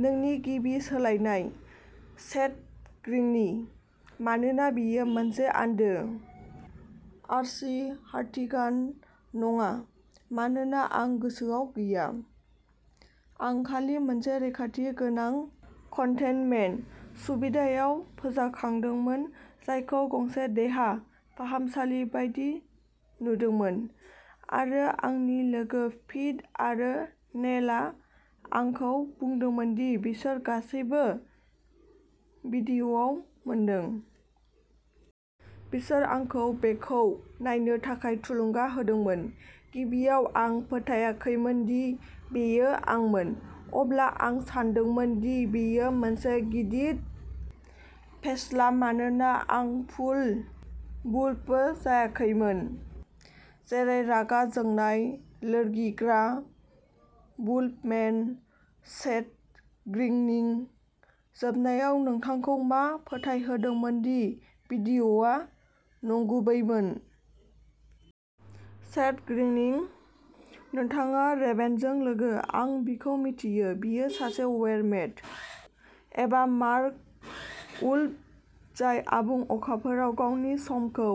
नोंनि गिबि सोलायनाय? सेथ ग्रिनिं मानोना बेयो मोनसे आन्दो? आर्ची हार्टिगान नङा, मानोना आं गोसोआव गैया। आं खालि मोनसे रैखाथि गोनां कन्टेइनमेन्ट सुबिदायाव फोजाखांदोंमोन, जायखौ गंसे देहा फाहामसालि बायदि नुदोंमोन आरो आंनि लोगो पिट आरो नेलआ आंखौ बुंदोंमोन दि बिसोर गासैबो भिडिअआव मोनदों। बिसोरो आंखौ बेखौ नायनो थाखाय थुलुंगा होदोंमोन। गिबियाव आं फोथायाखैमोन दि बेयो आंमोन। अब्ला आं सानदोंमोन दि बेयो मोनसे गिदिर फेस्ला मानोना आं फुल वुल्फबो जायाखैमोन, जेरै रागा जोंनाय, लोरगिग्रा वुल्फ-मेन। सेथ ग्रिनिं जोबनायाव नोंथांखौ मा फोथायहोदोंमोन दि भिडिय'आ नंगुबैमोन? सेथ ग्रिनिं नोंथाङा रेभेनजों लोगो? आं बिखौ मिथियो बियो सासे वेयर-मेड? एबा मार-वुल्फ जाय आबुं अखाफोराव गावनि समखौ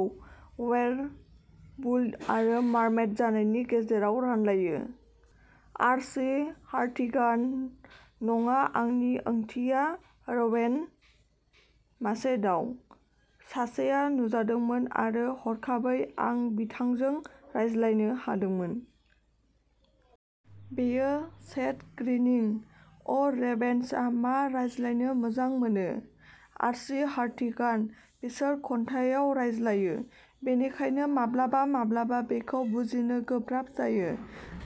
वेयरवुल्फ आरो मार्मेड जानायनि गेजेराव रानलायो? आर्ची हार्टिगान नङा, आंनि ओंथिया रेवेन, मासे दाउ। सासेआ नुजादोंमोन आरो हरखाबै आं बिथांजों रायज्लायनो हादोंमोन। बेयो। सेथ ग्रिनिं अ रेभेन्सआ मा रायज्लायनो मोजां मोनो? आर्ची हार्टिगान बिसोर खन्थाइआव रायज्लायो, बेनिखायनो माब्लाबा माब्लाबा बेखौ बुजिनो गोब्राब जायो।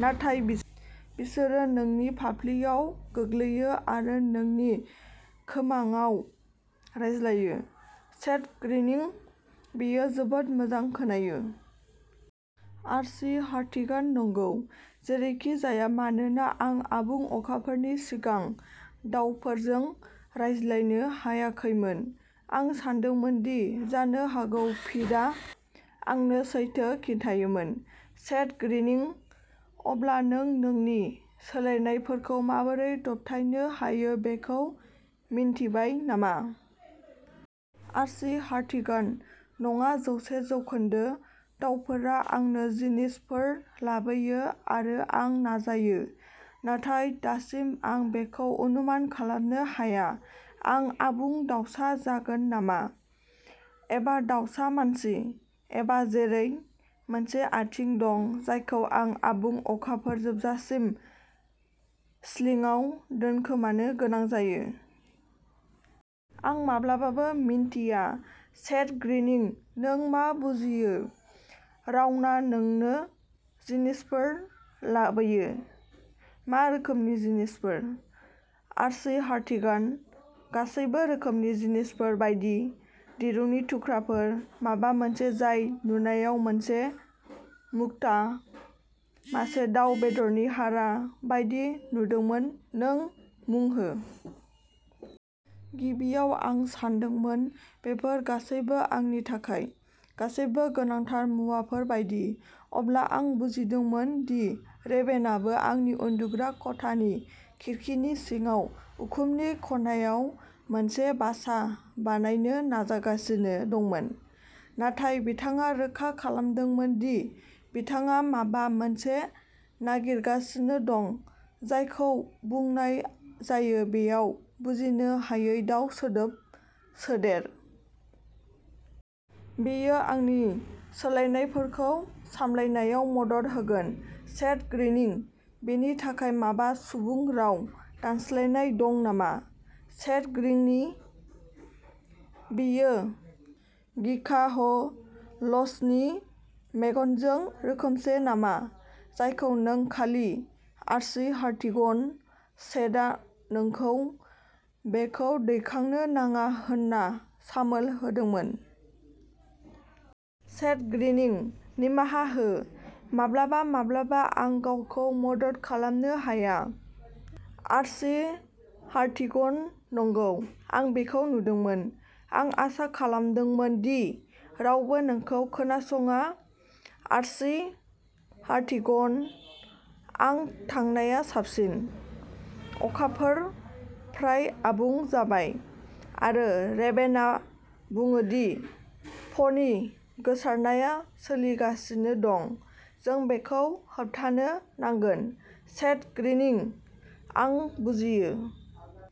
नाथाय बिसोरो नोंनि फाफ्लिआव गोग्लैयो आरो नोंनि खोमाङाव रायज्लायो। सेथ ग्रीनिं बेयो जोबोद मोजां खोनायो। आर्ची हार्टिगान नंगौ। जेरैखिजाया, मानोना आं आबुं अखाफोरनि सिगां दाउफोरजों रायज्लायनो हायाखैमोन, आं सानदोंमोन दि जानो हागौ पिटआ आंनो सैथो खिन्थायोमोन। सेथ ग्रीनिं अब्ला नों नोंनि सोलायनायफोरखौ माबोरै दबथायनो हायो बेखौ मिन्थिबाय नामा? आर्ची हार्टिगान नङा जौसे जौखोन्दो, दाउफोरा आंनो जिनिसफोर लाबोयो आरो आं नाजायो नाथाय दासिम आं बेखौ अनुमान खालामनो हाया। आं आबुं दाउसा जागोन नामा? एबा दाउसा मानसि? एबा जेरै, मोनसे आथिं दं जायखौ आं आबुं अखाफोर जोबजासिम स्लिंआव दोनखोमानो गोनां जायो? आं माब्लाबाबो मिन्थिया। सेथ ग्रीनिं नों मा बुजियो रावना नोंनो जिनिसफोर लाबोयो? मा रोखोमनि जिनिसफोर? आर्ची हार्टिगान गासैबो रोखोमनि जिनिसफोर बायदि। दिरुंनि थुख्राफोर, माबा मोनसे जाय नुनायाव मोनसे मुक्ता, मासे दाव बेदरनि हारा बायदि नुदोंमोन, नों मुं हो। गिबियाव आं सानदोंमोन बेफोर गासैबो आंनि थाखाय गासैबो गोनांथार मुवाफोर बायदि। अब्ला आं बुजिदोंमोन दि रेभेनआबो आंनि उन्दुग्रा खथानि खिरखिनि सिङाव उखुमनि खनायाव मोनसे बासा बानायनो नाजागासिनो दंमोन। नाथाय बिथाङा रोखा खालामदोंमोन दि बिथाङा माबा मोनसे नागिरगासिनो दं जायखौ बुंनाय जायो बेयाव बुजिनो हायै दाउ सोदोब सोदेर। बेयो आंनि सोलायनायफोरखौ सामलायनायाव मदद होगोन। सेथ ग्रीनिं बेनि थाखाय माबा सुबुं राव दानस्लायनाय दं नामा? सेथ ग्रीनिं बेयो घिकाह'लसनि मेगनजों रोखोमसे नामा जायखौ नों खालि आर्ची हार्टिगन सेथ आं नोंखौ बेखौ दैखांनो नाङा होनना सामोल होदोंमोन। सेथ ग्रीनिं निमाहा हो। माब्लाबा माब्लाबा आं गावखौ मदद खालामनो हाया। आर्ची हार्टिगन नंगौ। आं बेखौ नुदोंमोन। आं आसा खालामो दि रावबो नोंखौ खोनासङा। आर्ची हार्टिगन आं थांनाया साबसिन। अखाफोरा फ्राय आबुं जाबाय आरो रेभेनआ बुङो दि प'नि गोसारनाया सोलिगासिनो दं। जों बेखौ होबथानो नांगोन। सेथ ग्रीनिं आं बुजियो।